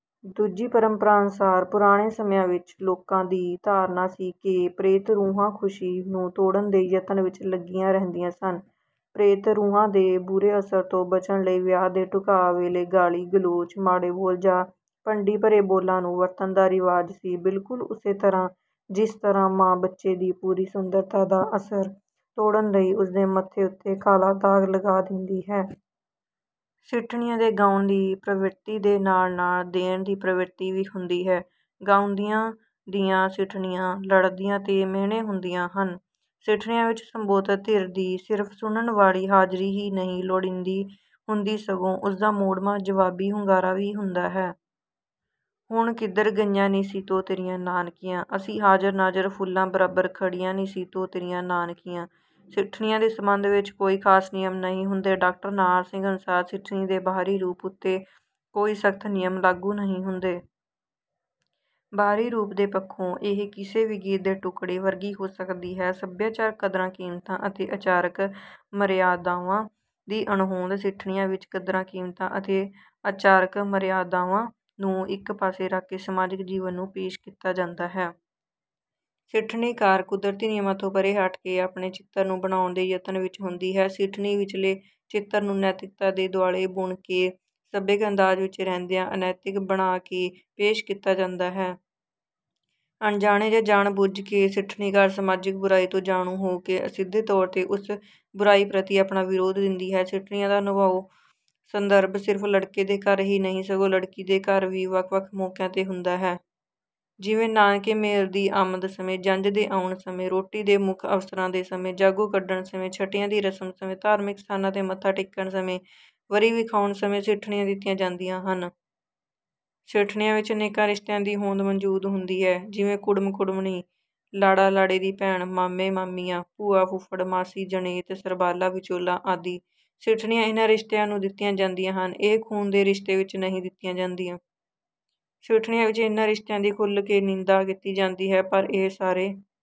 ਦੂਜੀ ਪਰੰਪਰਾ ਅਨੁਸਾਰ ਪੁਰਾਣੇ ਸਮਿਆਂ ਵਿਚ ਲੋਕਾਂ ਦੀ ਧਾਰਨਾ ਸੀ ਕਿ ਪ੍ਰੇਤ ਰੂਹਾਂ ਖੁਸ਼ੀ ਨੂੰ ਤੋੜਨ ਦੇ ਯਤਨ ਵਿੱਚ ਲੱਗੀਆਂ ਰਹਿੰਦੀਆਂ ਸਨ। ਪ੍ਰੇਤ ਰੂਹਾਂ ਦੇ ਬੁਰੇ ਅਸਰ ਤੋਂ ਬਚਣ ਲਈ ਵਿਆਹ ਦੇ ਢੁਕਾਅ ਵੇਲੇ ਗਾਲੀ, ਗਲੋਚ, ਮਾੜੇ ਬੋਲ, ਜਾਂ ਭੰਡੀ ਭਰੇ ਬੋਲਾਂ ਨੂੰ ਵਰਤਣ ਦਾ ਰਿਵਾਜ਼ ਸੀ, ਬਿਲਕੁਲ ਉਸੇ ਤਰ੍ਹਾਂ ਜਿਸ ਤਰ੍ਹਾਂ ਮਾਂ ਬੱਚੇ ਦੀ ਪੂਰੀ ਸੁੰਦਰਤਾ ਦਾ ਅਸਰ ਤੋੜਨ ਲਈ ਉਸ ਦੇ ਮੱਥੇ ਉੱਤੇ ਕਾਲਾ ਦਾਗ ਲਗਾ ਦਿੰਦੀ ਹੈ। ਸਿੱਠਣੀਆਂ ਦੇ ਗਾਉਣ ਦੀ ਪ੍ਰਵਿਰਤੀ ਦੇ ਨਾਲ ਨਾਲ 'ਦੇਣ' ਦੀ ਪ੍ਰਵਿਰਤੀ ਵੀ ਹੁੰਦੀ ਹੈ। ਗਾਉਂਦੀਆਂ ਦੀਆਂ ਸਿੱਠਣੀਆਂ ਲੜਦੀਆਂ ਦੇ ਮੇਹਣੇ ਹੁੰਦੀਆਂ ਹਨ। ਸਿੱਠਣੀਆਂ ਵਿੱਚ ਸੰਬੋਧਤ ਧਿਰ ਦੀ ਸਿਰਫ ਸੁਣਨ ਵਾਲੀ ਹਾਜ਼ਰੀ ਹੀ ਨਹੀਂ ਲੋੜੀਂਦੀ ਹੁੰਦੀ ਸਗੋਂ ਉਸਦਾ ਮੋੜਵਾਂ ਜਵਾਬੀ ਹੁੰਗਾਰਾ ਵੀ ਹੁੰਦਾ ਹੈ। ਹੁਣ ਕਿਧਰ ਗਈਆਂ ਨੀ ਸੀਤੋ ਤੇਰੀਆਂ ਨਾਨਕੀਆਂ, ਅਸੀਂ ਹਾਜ਼ਰ ਨਾਜ਼ਰ ਫੁੱਲਾਂ ਬਰਾਬਰ ਖੜੀਆਂ ਨੀ ਸੀਤੋ ਤੇਰੀਆਂ ਨਾਨਕੀਆਂ। ਸਿੱਠਣੀਆਂ ਦੇ ਸਬੰਧ ਵਿੱਚ ਕੋਈ ਖਾਸ ਨਿਯਮ ਨਹੀਂ ਹੁੰਦੇ। ਡਾਕਟਰ ਨਾਹਰ ਸਿੰਘ ਅਨੁਸਾਰ ਸਿੱਠਣੀ ਦੇ ਬਾਹਰੀ ਰੂਪ ਉੱਤੇ ਕੋਈ ਸਖ਼ਤ ਨਿਯਮ ਲਾਗੂ ਨਹੀਂ ਹੁੰਦੇ। ਬਾਹਰੀ ਰੂਪ ਦੇ ਪੱਖੋਂ ਇਹ ਕਿਸੇ ਵੀ ਗੀਤ ਦੇ ਟੁਕੜੇ ਵਰਗੀ ਹੋ ਸਕਦੀ ਹੈ। ਸੱਭਿਆਚਾਰਕ ਕਦਰਾਂ-ਕੀਮਤਾਂ ਅਤੇ ਆਚਾਰਕ ਮਰਿਆਦਾਵਾਂ ਦੀ ਅਣਹੋਂਦ: ਸਿੱਠਣੀਆਂ ਵਿੱਚ ਕਦਰਾਂ ਕੀਮਤਾਂ ਅਤੇ ਆਚਾਰਕ ਮਰਿਆਦਾਵਾਂ ਨੂੰ ਇੱਕ ਪਾਸੇ ਰੱਖ ਕੇ ਸਮਾਜਕ ਜੀਵਨ ਨੂੰ ਪੇਸ਼ ਕੀਤਾ ਜਾਂਦਾ ਹੈ। ਸਿੱਠਣੀਕਾਰ, ਕੁਦਰਤੀ ਨਿਯਮਾਂ ਤੋਂ ਪਰੇ ਹਟ ਕੇ ਆਪਣੇ ਚਿੱਤਰ ਨੂੰ ਬਣਾਉਣ ਦੇ ਯਤਨ ਵਿੱਚ ਹੁੰਦੀ ਹੈ। ਸਿੱਠਣੀ ਵਿੱਚਲੇ ਚਿੱਤਰ ਨੂੰ ਨੈਤਿਕਤਾ ਦੇ ਦੁਆਲੇ ਬੁਣ ਕੇ ਸਭਿਅਕ ਅੰਦਾਜ਼ ਵਿੱਚ ਰਹਿੰਦਿਆਂ ਅਨੈਤਿਕ ਬਣਾ ਕੇ ਪੇਸ਼ ਕੀਤਾ ਜਾਂਦਾ ਹੈ। ਅਣਜਾਣੇ ਜਾਂ ਜਾਣ ਬੁੱਝ ਕੇ ਸਿੱਠਣੀਕਾਰ ਸਮਾਜਿਕ ਬੁਰਾਈ ਤੋਂ ਜਾਣੂ ਹੋ ਕੇ ਅਸਿੱਧੇ ਤੌਰ ਤੇ ਉਸ ਬੁਰਾਈ ਪ੍ਰਤੀ ਆਪਣਾ ਵਿਰੋਧ ਦਿੰਦੀ ਹੈ। ਸਿੱਠਣੀਆਂ ਦਾ ਨਿਭਾਉ ਸੰਦਰਭ ਸਿਰਫ਼ ਲੜਕੇ ਦੇ ਘਰ ਹੀ ਨਹੀਂ ਸਗੋਂ ਲੜਕੀ ਦੇ ਘਰ ਵੀ ਵੱਖ-ਵੱਖ ਮੌਕਿਆਂ ਤੇ ਹੁੰਦਾ ਹੈ। ਜਿਵੇਂ ਨਾਨਕੇ ਮੇਲ ਦੀ ਆਮਦ ਸਮੇਂ, ਜੰਝ ਦੇ ਆਉਣ ਸਮੇਂ, ਰੋਟੀ ਦੇ ਮੁੱਖ ਅਵਸਰਾਂ ਦੇ ਸਮੇਂ, ਜਾਗੋ ਕੱਢਣ ਸਮੇਂ, ਛਟੀਆਂ ਦੀ ਰਸਮ ਸਮੇਂ, ਧਾਰਮਿਕ ਸਥਾਨਾਂ ਤੇ ਮੱਥਾ ਟੇਕਣ ਸਮੇਂ, ਵਰੀ ਵਿਖਾਉਣ ਸਮੇਂ ਸਿੱਠਣੀਆਂ ਦਿੱਤੀਆਂ ਜਾਂਦੀਆਂ ਹਨ। ਸਿੱਠਣੀਆਂ ਵਿੱਚ ਅਨੇਕਾਂ ਰਿਸ਼ਤਿਆਂ ਦੀ ਹੋਂਦ ਮੌਜੂਦ ਹੁੰਦੀ ਹੈ ਜਿਵੇਂ ਕੁੜਮ, ਕੁੜਮਣੀ, ਲਾੜਾ, ਲਾੜੇ ਦੀ ਭੈਣ, ਮਾਮੇ ਮਾਮੀਆਂ, ਭੂਆ, ਫੁਫੜ, ਮਾਸੀ, ਜਣੇਤ, ਸਰਬਾਲਾ, ਵਿਚੋਲਾ ਆਦਿ। ਸਿੱਠਣੀਆਂ ਇਹਨਾਂ ਰਿਸ਼ਤਿਆਂ ਨੂੰ ਦਿੱਤੀਆਂ ਜਾਂਦੀਆਂ ਹਨ। ਇਹ ਖੂਨ ਦੇ ਰਿਸ਼ਤੇ ਵਿੱਚ ਨਹੀਂ ਦਿੱਤੀਆਂ ਜਾਂਦੀਆਂ। ਸਿੱਠਣੀਆਂ ਵਿੱਚ ਇਹਨਾਂ ਰਿਸ਼ਤਿਆਂ ਦੀ ਖੁੱਲ੍ਹ ਕੇ ਨਿੰਦਾ ਕੀਤੀ ਜਾਂਦੀ ਹੈ ਪਰ ਇਹ ਸਾਰੇ